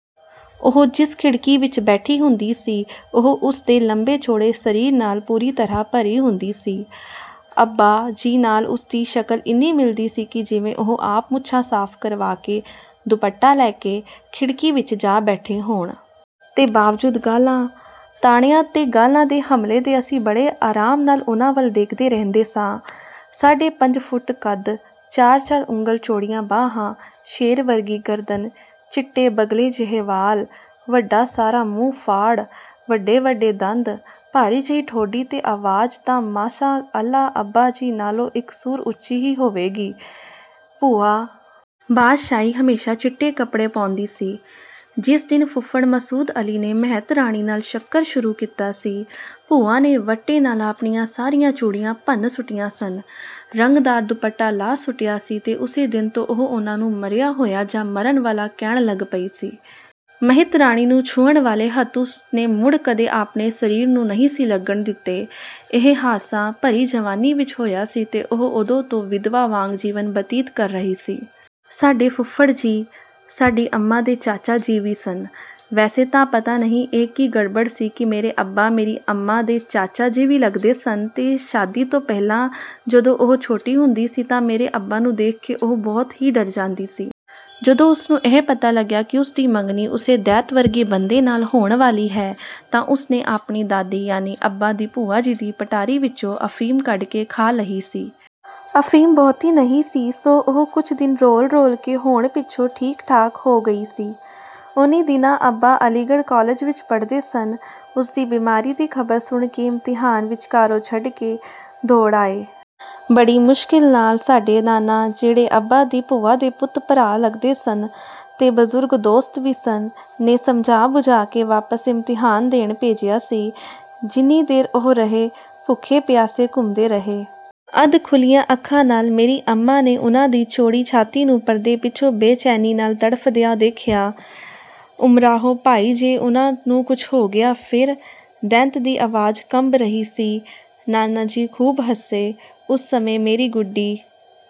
ਉਹ ਜਿਸ ਖਿੜਕੀ ਵਿੱਚ ਬੈਠੀ ਹੁੰਦੀ ਸੀ, ਉਹ ਉਸ ਦੇ ਲੰਮੇ-ਚੌੜੇ ਸਰੀਰ ਨਾਲ ਪੂਰੀ ਤਰ੍ਹਾਂ ਭਰੀ ਹੁੰਦੀ ਸੀ। ਅੱਬਾ ਜੀ ਨਾਲ ਉਸ ਦੀ ਸ਼ਕਲ ਇੰਨੀ ਮਿਲਦੀ ਸੀ ਕਿ ਜਿਵੇਂ ਉਹ ਆਪ ਮੁੱਛਾਂ ਸਾਫ਼ ਕਰਵਾ ਕੇ, ਦੁਪੱਟਾ ਲੈ ਕੇ, ਖਿੜਕੀ ਵਿੱਚ ਜਾ ਬੈਠੇ ਹੋਣ। ਤੇ ਬਾਵਜੂਦ ਗਾਲਾਂ, ਤਾਣਿਆਂ ਤੇ ਗਾਲ੍ਹਾਂ ਦੇ ਹਮਲੇ ਦੇ ਅਸੀਂ ਬੜੇ ਆਰਾਮ ਨਾਲ ਉਨ੍ਹਾਂ ਵੱਲ ਦੇਖਦੇ ਰਹਿੰਦੇ ਸਾਂ। ਸਾਢੇ ਪੰਜ ਫੁੱਟ ਕੱਦ, ਚਾਰ-ਚਾਰ ਉਂਗਲ ਚੌੜੀਆਂ ਬਾਹਾਂ, ਸ਼ੇਰ ਵਰਗੀ ਗਰਦਨ, ਚਿੱਟੇ ਬਗਲੇ ਜਿਹੇ ਵਾਲ, ਵੱਡਾ ਸਾਰਾ ਮੂੰਹ-ਫਾੜ, ਵੱਡੇ-ਵੱਡੇ ਦੰਦ, ਭਾਰੀ ਜਿਹੀ ਠੋਡੀ ਤੇ ਆਵਾਜ਼ ਤਾਂ ਮਾਸ਼ਾ ਅੱਲ੍ਹਾ ਅੱਬਾ ਜੀ ਨਾਲੋਂ ਇੱਕ ਸੁਰ ਉੱਚੀ ਹੀ ਹੋਵੇਗੀ। ਭੂਆ ਬਾਦਸ਼ਾਹੀ ਹਮੇਸ਼ਾ ਚਿੱਟੇ ਕੱਪੜੇ ਪਾਉਂਦੀ ਸੀ। ਜਿਸ ਦਿਨ ਫੁੱਫੜ ਮਸਊਦ ਅਲੀ ਨੇ ਮਹਿਤਰਾਣੀ ਨਾਲ ਚੱਕਰ ਸ਼ੁਰੂ ਕੀਤਾ ਸੀ, ਭੂਆ ਨੇ ਵੱਟੇ ਨਾਲ ਆਪਣੀਆਂ ਸਾਰੀਆਂ ਚੂੜੀਆਂ ਭੰਨ ਸੁੱਟੀਆਂ ਸਨ। ਰੰਗਦਾਰ ਦੁਪੱਟਾ ਲਾਹ ਸੁੱਟਿਆ ਸੀ ਤੇ ਉਸੇ ਦਿਨ ਤੋਂ ਉਹ ਉਨ੍ਹਾਂ ਨੂੰ ਮਰਿਆ ਹੋਇਆ ਜਾਂ 'ਮਰਨ ਵਾਲਾ' ਕਹਿਣ ਲੱਗ ਪਈ ਸੀ। ਮਹਿਤਰਾਣੀ ਨੂੰ ਛੂਹਣ ਵਾਲੇ ਹੱਥ ਉਸ ਨੇ ਮੁੜ ਕਦੇ ਆਪਣੇ ਸਰੀਰ ਨੂੰ ਨਹੀਂ ਸੀ ਲੱਗਣ ਦਿੱਤੇ। ਇਹ ਹਾਦਸਾ ਭਰੀ ਜਵਾਨੀ ਵਿੱਚ ਹੋਇਆ ਸੀ ਤੇ ਉਹ ਉਦੋਂ ਤੋਂ ਵਿਧਵਾ ਵਾਂਗ ਜੀਵਨ ਬਤੀਤ ਕਰ ਰਹੀ ਸੀ। ਸਾਡੇ ਫੁੱਫੜ ਜੀ, ਸਾਡੀ ਅੰਮਾਂ ਦੇ ਚਾਚਾ ਜੀ ਵੀ ਸਨ। ਵੈਸੇ ਤਾਂ ਪਤਾ ਨਹੀਂ ਇਹ ਕੀ ਗੜਬੜ ਸੀ ਕਿ ਮੇਰੇ ਅੱਬਾ ਮੇਰੀ ਅੰਮਾਂ ਦੇ ਚਾਚਾ ਜੀ ਵੀ ਲੱਗਦੇ ਸਨ ਤੇ ਸ਼ਾਦੀ ਤੋਂ ਪਹਿਲਾਂ ਜਦੋਂ ਉਹ ਛੋਟੀ ਹੁੰਦੀ ਸੀ ਤਾਂ ਮੇਰੇ ਅੱਬਾ ਨੂੰ ਦੇਖ ਕੇ ਉਹ ਬਹੁਤ ਹੀ ਡਰ ਜਾਂਦੀ ਸੀ। ਜਦੋਂ ਉਸ ਨੂੰ ਇਹ ਪਤਾ ਲੱਗਿਆ ਕਿ ਉਸ ਦੀ ਮੰਗਣੀ ਉਸੇ ਦੈਂਤ ਵਰਗੇ ਬੰਦੇ ਨਾਲ ਹੋਣ ਵਾਲੀ ਹੈ ਤਾਂ ਉਸ ਨੇ ਆਪਣੀ ਦਾਦੀ ਯਾਨੀ ਅੱਬਾ ਦੀ ਭੂਆ ਜੀ ਦੀ ਪਟਾਰੀ ਵਿੱਚੋਂ ਅਫ਼ੀਮ ਕੱਢ ਕੇ ਖਾ ਲਈ ਸੀ। ਅਫ਼ੀਮ ਬਹੁਤੀ ਨਹੀਂ ਸੀ ਸੋ ਉਹ ਕੁਝ ਦਿਨ ਰੋਲ-ਰੋਲ ਕੇ ਹੋਣ ਪਿੱਛੋਂ ਠੀਕ-ਠਾਕ ਹੋ ਗਈ ਸੀ। ਉਹਨੀਂ ਦਿਨੀਂ ਅੱਬਾ ਅਲੀਗੜ੍ਹ ਕਾਲਜ ਵਿੱਚ ਪੜ੍ਹਦੇ ਸਨ। ਉਸਦੀ ਬਿਮਾਰੀ ਦੀ ਖ਼ਬਰ ਸੁਣ ਕੇ ਇਮਤਿਹਾਨ ਵਿਚਕਾਰੋਂ ਛੱਡ ਕੇ ਦੌੜ ਆਏ। ਬੜੀ ਮੁਸ਼ਕਿਲ ਨਾਲ ਸਾਡੇ ਨਾਨਾ, ਜਿਹੜੇ ਅੱਬਾ ਦੀ ਭੂਆ ਦੇ ਪੁੱਤ-ਭਰਾ ਲੱਗਦੇ ਸਨ ਤੇ ਬਜ਼ੁਰਗ ਦੋਸਤ ਵੀ ਸਨ, ਨੇ ਸਮਝਾ-ਬੁਝਾ ਕੇ ਵਾਪਸ ਇਮਤਿਹਾਨ ਦੇਣ ਭੇਜਿਆ ਸੀ। ਜਿੰਨੀ ਦੇਰ ਉਹ ਰਹੇ, ਭੁੱਖੇ ਪਿਆਸੇ ਘੁੰਮਦੇ ਰਹੇ। ਅੱਧ-ਖੁੱਲ੍ਹੀਆਂ ਅੱਖਾਂ ਨਾਲ ਮੇਰੀ ਅੰਮਾਂ ਨੇ ਉਨ੍ਹਾਂ ਦੀ ਚੌੜੀ ਛਾਤੀ ਨੂੰ ਪਰਦੇ ਪਿੱਛੋਂ ਬੇਚੈਨੀ ਨਾਲ ਤੜਫ਼ਦਿਆਂ ਦੇਖਿਆ। ''ਉਮਰਾਓ ਭਾਈ ਜੇ ਉਨ੍ਹਾਂ ਨੂੰ ਕੁਝ ਹੋ ਗਿਆ ਫਿਰ,'' ਦੈਂਤ ਦੀ ਆਵਾਜ਼ ਕੰਬ ਰਹੀ ਸੀ। ਨਾਨਾ ਜੀ ਖੂਬ ਹੱਸੇ। ਉਸ ਸਮੇਂ ਮੇਰੀ ਗੁੱਡੀ